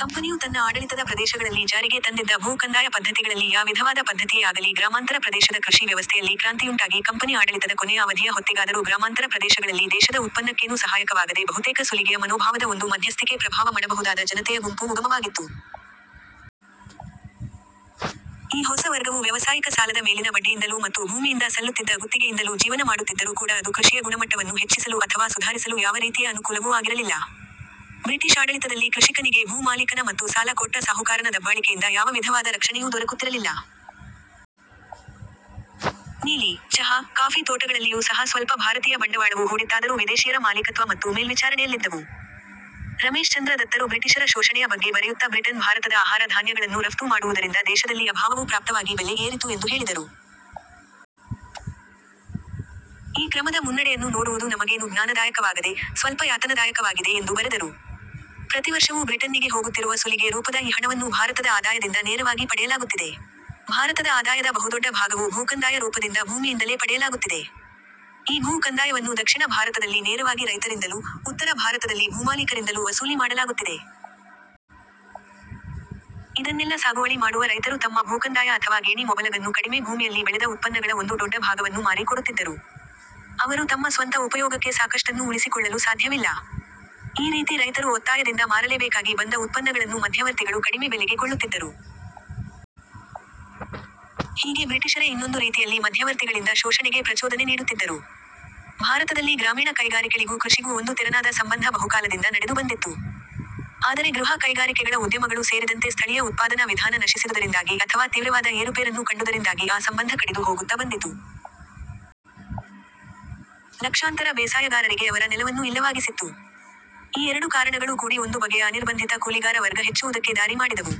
ಕಂಪನಿಯು ತನ್ನ ಆಡಳಿತದ ಪ್ರದೇಶಗಳಲ್ಲಿ ಜಾರಿಗೆ ತಂದಿದ್ದ ಭೂ ಕಂದಾಯ ಪದ್ಧತಿಗಳಲ್ಲಿ ಯಾ ವಿಧವಾದ ಪದ್ಧತಿಯೇ ಆಗಲಿ ಗ್ರಾಮಾಂತರ ಪ್ರದೇಶದ ಕೃಷಿ ವ್ಯವಸ್ಥೆಯಲ್ಲಿ ಕ್ರಾಂತಿಯುಂಟಾಗಿ ಕಂಪನಿ ಆಡಳಿತದ ಕೊನೆಯ ಅವಧಿಯ ಹೊತ್ತಿಗಾದರೂ ಗ್ರಾಮಾಂತರ ಪ್ರದೇಶಗಳಲ್ಲಿ ದೇಶದ ಉತ್ಪನ್ನಕ್ಕೇನೂ ಸಹಾಯಕವಾಗದೆ ಬಹುತೇಕ ಸುಲಿಗೆಯ ಮನೋಭಾವದ ಒಂದು ಮಧ್ಯಸ್ಥಿಕೆ ಪ್ರಭಾವ ಮಡಬಹುದಾದ ಜನತೆಯ ಗುಂಪು ಉಗಮವಾಗಿತ್ತು. ಈ ಹೊಸ ವರ್ಗವು ವ್ಯವಸಾಯಿಕ ಸಾಲದ ಮೇಲಿನ ಬಡ್ಡಿಯಿಂದಲೂ ಮತ್ತು ಭೂಮಿಯಿಂದ ಸಲ್ಲುತ್ತಿದ್ದ ಗುತ್ತಿಗೆಯಿಂದಲೂ ಜೀವನ ಮಾಡುತ್ತಿದ್ದರೂ ಕೂಡ ಅದು ಕೃಷಿಯ ಗುಣಮಟ್ಟವನ್ನು ಹೆಚ್ಚಿಸಲು ಅಥವಾ ಸುಧಾರಿಸಲು ಯಾವ ರೀತಿಯ ಅನುಕೂಲವೂ ಆಗಿರಲಿಲ್ಲ. ಬ್ರಿಟಿಷ್ ಆಡಳಿತದಲ್ಲಿ ಕೃಷಿಕನಿಗೆ ಭೂ ಮಾಲೀಕನ ಮತ್ತು ಸಾಲ ಕೊಟ್ಟ ಸಾಹುಕಾರನ ದಬ್ಬಾಳಿಕೆಯಿಂದ ಯಾವ ವಿಧವಾದ ರಕ್ಷಣೆಯೂ ದೊರಕುತ್ತಿರಲಿಲ್ಲ. ನೀಲಿ, ಚಹ, ಕಾಫಿ ತೋಟಗಳಲ್ಲಿಯೂ ಸಹ ಸ್ವಲ್ಪ ಭಾರತೀಯ ಬಂಡವಾಳವು ಹೂಡಿತ್ತಾದರೂ ವಿದೇಶೀಯರ ಮಾಲೀಕತ್ವ ಮತ್ತು ಮೇಲ್ವಿಚಾರಣೆಯಲ್ಲಿದ್ದವು. ರಮೇಶ್ ಚಂದ್ರ ದತ್ತರು ಬ್ರಿಟಿಷರ ಶೋಷಣೆಯ ಬಗ್ಗೆ ಬರೆಯುತ್ತ ಬ್ರಿಟನ್ ಭಾರತದ ಆಹಾರ ಧಾನ್ಯಗಳನ್ನು ರಫ್ತು ಮಾಡುವುದರಿಂದ ದೇಶದಲ್ಲಿ ಅಭಾವವು ಪ್ರಾಪ್ತವಾಗಿ ಬೆಲೆ ಏರಿತು ಎಂದು ಹೇಳಿದರು. ಈ ಕ್ರಮದ ಮುನ್ನಡೆಯನ್ನು ನೋಡುವುದು ನಮಗೇನು ಜ್ಞಾನದಾಯಕವಾಗದೆ, ಸ್ವಲ್ಪ ಯಾತನದಾಯಕವಾಗಿದೆ ಎಂದು ಬರೆದರು. ಪ್ರತಿವರ್ಷವೂ ಬ್ರಿಟನ್ನಿಗೆ ಹೋಗುತ್ತಿರುವ ಸುಲಿಗೆ ರೂಪದ ಈ ಹಣವನ್ನು ಭಾರತದ ಆದಾಯದಿಂದ ನೇರವಾಗಿ ಪಡೆಯಲಾಗುತ್ತಿದೆ. ಭಾರತದ ಆದಾಯದ ಬಹುದೊಡ್ಡ ಭಾಗವು ಭೂಕಂದಾಯ ರೂಪದಿಂದ ಭೂಮಿಯಿಂದಲೇ ಪಡೆಯಲಾಗುತ್ತಿದೆ. ಈ ಭೂ ಕಂದಾಯವನ್ನು ದಕ್ಷಿಣ ಭಾರತದಲ್ಲಿ ನೇರವಾಗಿ ರೈತರಿಂದಲೂ, ಉತ್ತರ ಭಾರತದಲ್ಲಿ ಭೂಮಾಲೀಕರಿಂದಲೂ ವಸೂಲಿ ಮಾಡಲಾಗುತ್ತಿದೆ. ಇದನ್ನೆಲ್ಲ ಸಾಗುವಳಿ ಮಾಡುವ ರೈತರು ತಮ್ಮ ಭೂಕಂದಾಯ ಅಥವಾ ಗೇಣಿ ಮೊಬಲಗನ್ನು ಕಡಿಮೆ ಭೂಮಿಯಲ್ಲಿ ಬೆಳೆದ ಉತ್ಪನ್ನಗಳ ಒಂದು ಡೊಡ್ಡ ಭಾಗವನ್ನು ಮಾರಿ ಕೊಡುತ್ತಿದ್ದರು. ಅವರು ತಮ್ಮ ಸ್ವಂತ ಉಪಯೋಗಕ್ಕೆ ಸಾಕಷ್ಟನ್ನು ಉಳಿಸಿಕೊಳ್ಳಲು ಸಾಧ್ಯವಿಲ್ಲ. ಈ ರೀತಿ ರೈತರು ಒತ್ತಾಯದಿಂದ ಮಾರಲೇಬೇಕಾಗಿ ಬಂದ ಉತ್ಪನ್ನಗಳನ್ನು ಮಧ್ಯವರ್ತಿಗಳು ಕಡಿಮೆ ಬೆಲೆಗೆ ಕೊಳ್ಳುತ್ತಿದ್ದರು. ಹೀಗೆ ಬ್ರಿಟಿಷರೇ ಇನ್ನೊಂದು ರೀತಿಯಲ್ಲಿ ಮಧ್ಯವರ್ತಿಗಳಿಂದ ಶೋಷಣೆಗೆ ಪ್ರಚೋದನೆ ನೀಡುತ್ತಿದ್ದರು. ಭಾರತದಲ್ಲಿ ಗ್ರಾಮೀಣ ಕೈಗಾರಿಕೆಳಿಗೂ ಕೃಷಿಗೂ ಒಂದು ತೆರನಾದ ಸಂಬಂಧ ಬಹುಕಾಲದಿಂದ ನಡೆದು ಬಂದಿತ್ತು. ಆದರೆ ಗೃಹ ಕೈಗಾರಿಕೆಗಳ ಉದ್ಯಮಗಳು ಸೇರಿದಂತೆ ಸ್ಥಳೀಯ ಉತ್ಪಾದನಾ ವಿಧಾನ ನಶಿಸಿದುದರಿಂದಾಗಿ ಅಥವಾ ತೀವ್ರವಾದ ಏರುಪೇರನ್ನು ಕಂಡುದರಿಂದಾಗಿ ಆ ಸಂಬಂಧ ಕಡಿದು ಹೋಗುತ್ತ ಬಂದಿತು. ಲಕ್ಷಾಂತರ ಬೇಸಾಯಗಾರರಿಗೆ ಅವರ ನೆಲವನ್ನು ಇಲ್ಲವಾಗಿಸಿತ್ತು. ಈ ಎರಡು ಕಾರಣಗಳೂ ಕೂಡಿ ಒಂದು ಬಗೆಯ ಅನಿರ್ಬಂಧಿತ ಕೂಲಿಗಾರ ವರ್ಗ ಹೆಚ್ಚುವುದಕ್ಕೆ ದಾರಿ ಮಾಡಿದವು.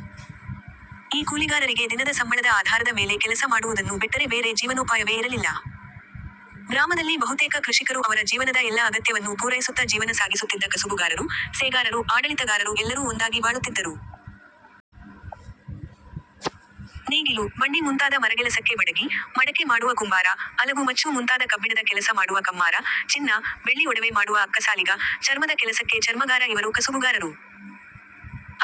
ಈ ಕೂಲಿಗಾರರಿಗೆ ದಿನದ ಸಂಬಳದ ಆಧಾರದ ಮೇಲೆ ಕೆಲಸ ಮಾಡುವುದನ್ನು ಬಿಟ್ಟರೆ ಬೇರೆ ಜೀವನೋಪಾಯವೇ ಇರಲಿಲ್ಲ. ಗ್ರಾಮದಲ್ಲಿ ಬಹುತೇಕ ಕೃಷಿಕರು ಅವರ ಜೀವನದ ಎಲ್ಲ ಅಗತ್ಯವನ್ನು ಪೂರೈಸುತ್ತ ಜೀವನ ಸಾಗಿಸುತ್ತಿದ್ದ ಕಸುಬುಗಾರರು, ಸೇಗಾರರು, ಆಡಳಿತಗಾರರು ಎಲ್ಲರೂ ಒಂದಾಗಿ ಬಾಳುತ್ತಿದ್ದರು. ನೇಗಿಲು, ಬಂಡಿ ಮುಂತಾದ ಮರಗೆಲಸಕ್ಕೆ ಬಡಗಿ, ಮಡಕೆ ಮಾಡುವ ಕುಂಬಾರ, ಅಲಗು ಮಚ್ಚು ಮುಂತಾದ ಕಬ್ಬಿಣದ ಕೆಲಸ ಮಾಡುವ ಕಮ್ಮಾರ, ಚಿನ್ನ, ಬೆಳ್ಳಿ ಒಡವೆ ಮಾಡುವ ಅಕ್ಕಸಾಲಿಗ, ಚರ್ಮದ ಕೆಲಸಕ್ಕೆ ಚರ್ಮಗಾರ ಇವರು ಕಸುಬುಗಾರರು.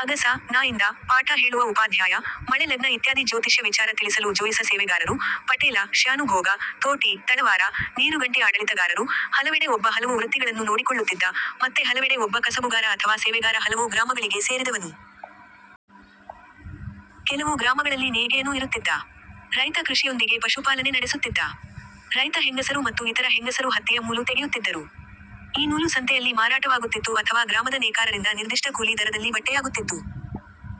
ಅಗಸ, ನಾಯಿಂದ, ಪಾಠ ಹೇಳುವ ಉಪಾಧ್ಯಾಯ, ಮಳೆ ಲಗ್ನ ಇತ್ಯಾದಿ ಜ್ಯೋತಿಷ್ಯ ವಿಚಾರ ತಿಳಿಸಲು ಜೋಯಿಸ ಸೇವೆಗಾರರು, ಪಟೇಲ, ಶ್ಯಾನುಭೋಗ, ತೋಟಿ, ತಳವಾರ, ನೀರುಗಂಟಿ ಆಡಳಿತಗಾರರು, ಹಲವೆಡೆ ಒಬ್ಬ ಹಲವು ವೃತ್ತಿಗಳನ್ನು ನೋಡಿಕೊಳ್ಳುತ್ತಿದ್ದ, ಮತ್ತೆ ಹಲವೆಡೆ ಒಬ್ಬ ಕಸಬುಗಾರ ಅಥವಾ ಸೇವೆಗಾರ ಹಲವು ಗ್ರಾಮಗಳಿಗೆ ಸೇರಿದವನು. ಕೆಲವು ಗ್ರಾಮಗಳಲ್ಲಿ ನೇಯ್ಗೆಯನೂ ಇರುತ್ತಿದ್ದ. ರೈತ ಕೃಷಿಯೊಂದಿಗೆ ಪಶುಪಾಲನೆ ನಡೆಸುತ್ತಿದ್ದ. ರೈತ ಹೆಂಗಸರು ಮತ್ತು ಇತರ ಹೆಂಗಸರು ಹತ್ತಿಯ ಮೂಲು ತೆಗೆಯುತ್ತಿದ್ದರು. ಈ ನೂಲು ಸಂತೆಯಲ್ಲಿ ಮಾರಾಟವಾಗುತ್ತಿತ್ತು ಅಥವಾ ಗ್ರಾಮದ ನೇಕಾರರಿಂದ ನಿರ್ದಿಷ್ಟ ಕೂಲಿ ದರದಲ್ಲಿ ಬಟ್ಟೆಯಾಗುತ್ತಿತ್ತು.